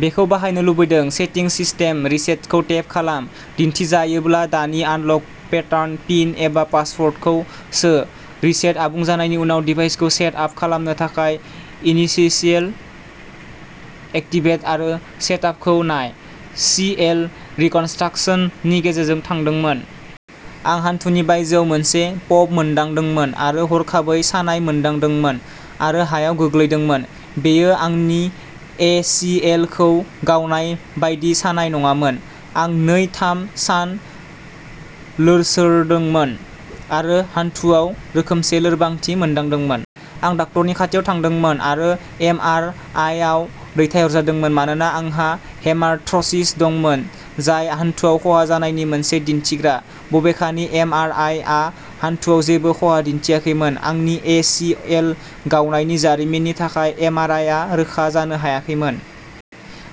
बेखौ बाहायनो लुबैदों। सेटिंस सिस्टेम रिसेटखौ टेप खालाम। दिन्थिजायोब्ला दानि आनलक पेटार्न पिन एबा पासवार्डखौ सो। रिसेट आबुं जानायनि उनाव डिभाइसखौ सेट आप खालामनो थाखाय इनिशिशियेल एक्टिभेट आरो सेटआपखौ नाय। सि एल रिकनस्ट्राकसन नि गेजेरजों थांदोंमोन। आं हान्थुनि बायजोयाव मोनसे पप मोनदांदोंमोन आरो हरखाबै सानाय मोनदांदोंमोन आरो हायाव गोग्लैदोंमोन बेयो आंनि ए सि एल खौ गावनाय बायदि सानाय नङामोन। आं नै थाम सान लोरसोरदोंमोन आरो हान्थुआव रोखोमसे लोरबांथि मोनदांदोंमोन। आं डाक्टारनि खाथियाव थांदोंमोन आरो एम आर आइ आव दैथायहरजादोंमोन मानोना आंहा हेमारथ्र'सिस दंमोन जाय हान्थुआव खहा जानायनि मोनसे दिन्थिग्रा बबेखानि एम आर आइ आ हान्थुआव जेबो खहा दिन्थियाखैमोन। आंनि ए सि एल गावनायनि जारिमिननि थाखाय एम आर आइ आ रोखा जानो हायाखैमोन।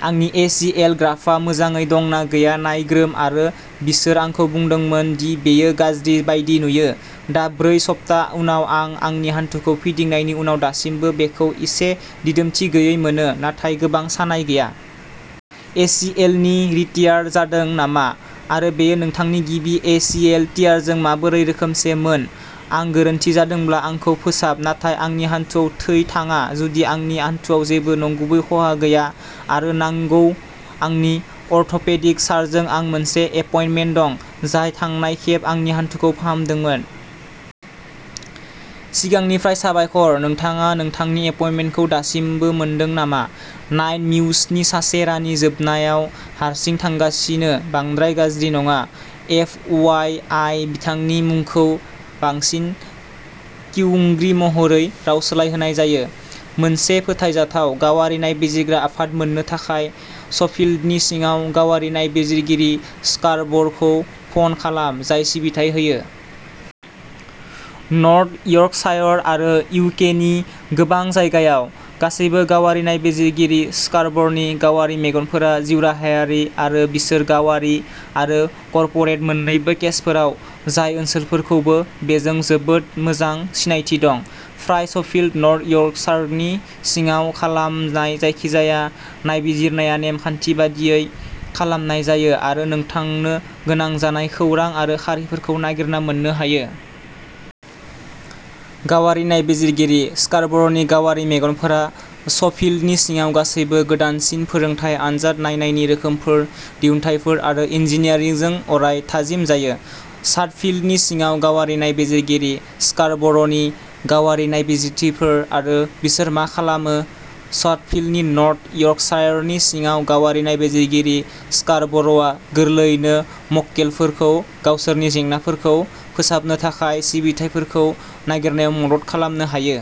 आंनि ए सि एल ग्राफ्टआ मोजाङै दं ना गैया नायग्रोम आरो बिसोर आंखौ बुंदोंमोन दि'बेयो गाज्रि बायदि नुयो। दा ब्रै सप्ता उनाव आं आंनि हान्थुखौ फिदिंनायनि उनाव दासिमबो बेखौ एसे दिदोमथि गैयै मोनो नाथाय गोबां सानाय गैया। ए सि एल नि रिटियार जादों नामा आरो बेयो नोंथांनि गिबि ए सि एल टियारजों माबोरै रोखोमसे मोन आं गोरोन्थि जादोंब्ला आंखौ फोसाब नाथाय आंनि हान्थुआव थै थाङा जुदि आंनि हान्थुआव जेबो नंगुबै खहा गैया आरो नांगौ आंनि अर्थ'पेडिक सारजों आं मोनसे एपइन्टमेन्ट दं जाय थांनाय खेब आंनि हान्थुखौ फाहामदोंमोन। सिगांनिफ्राय साबायखर नोंथाङा नोंथांनि एपइन्टमेन्टखौ दासिमबो मोनदों नामा नाइन म्युसनि सासे रानि जोबनायाव हारसिं थांगासिनो बांद्राय गाज्रि नङा एफ वाइ आइ बिथांनि मुंखौ बांसिन किउंग्रि महरै रावस्लायहोनाय जायो। मोनसे फोथायजाथाव गावारि नायबिजिरग्रा आफाद मोन्नो थाखाय सफील्डनि सिङाव गावारि नायबिजिरगिरि स्कारबरखौ फन खालाम जाय सिबिथाय होयो। नर्थ यर्कशायर आरो इउ के नि गोबां जायगायाव। गासैबो गावारि नायबिजिरगिरि स्कारबर'नि गावारि मेगनफोरा जिउराहायारि आरो बिसोर गावारि आरो कर्परेट मोन्नैबो केसफोराव जाय ओनसोलफोरखौबो बेजों जोबोद मोजां सिनायथि दं। फ्राय सफील्ड नर्थ यर्कशारनि सिङाव खालामनाय जायखिजाया नायबिजिरनाया नेम खान्थि बायदियै खालामनाय जायो आरो नोंथांनो गोनां जानाय खौरां आरो खारिफोरखौ नागिरना मोन्नो हायो। गावारि नायबिजिरगिरि स्कारबर'नि गावारि मेगनफोरा सफील्डनि सिङाव गासैबो गोदानसिन फोरोंथाय आनजाद नायनायनि रोखोमफोर दिहुनथायफोर आरो इन्जिनियारिंजों अराय थाजिम जायो। सादफील्डनि सिङाव गावारि नायबिजिरगिरि स्कारबर'नि गावारि नायबिजिरथिफोर आरो बिसोर मा खालामो सादफील्ड नर्थ यर्कशायरनि सिङाव गावारि नायबिजिरगिरि स्कारबर'आ गोरलैयैनो मक्केलफोरखौ गावसोरनि जेंनाफोरखौ फोसाबनो थाखाय सिबिथाइफोरखौ नागिरनायाव मदद खालामनो हायो।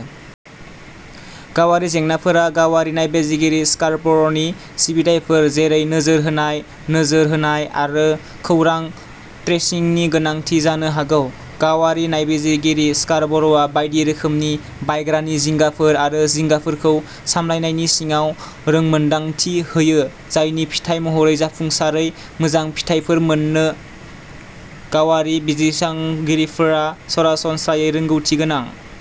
गावारि जेंनाफोरा गावारि नायबिजिरगिरि स्कारबर'नि सिबिथाइफोर जेरै नोजोर होनाय नोजोर होनाय आरो खौरां ट्रेसिंनि गोनांथि जानो हागौ। गावारि नायबिजिरगिरि स्कारबर'आ बायदि रोखोमनि बायग्रानि जिंगाफोर आरो जिंगाफोरखौ सामलायनायनि सिङाव रोंमोनदांथि होयो जायनि फिथाय महरै जाफुंसारै मोजां फिथायफोर मोननो। गावारि बिजिरसंगिरिफोरा सरासनस्रायै रोंग'थिगोनां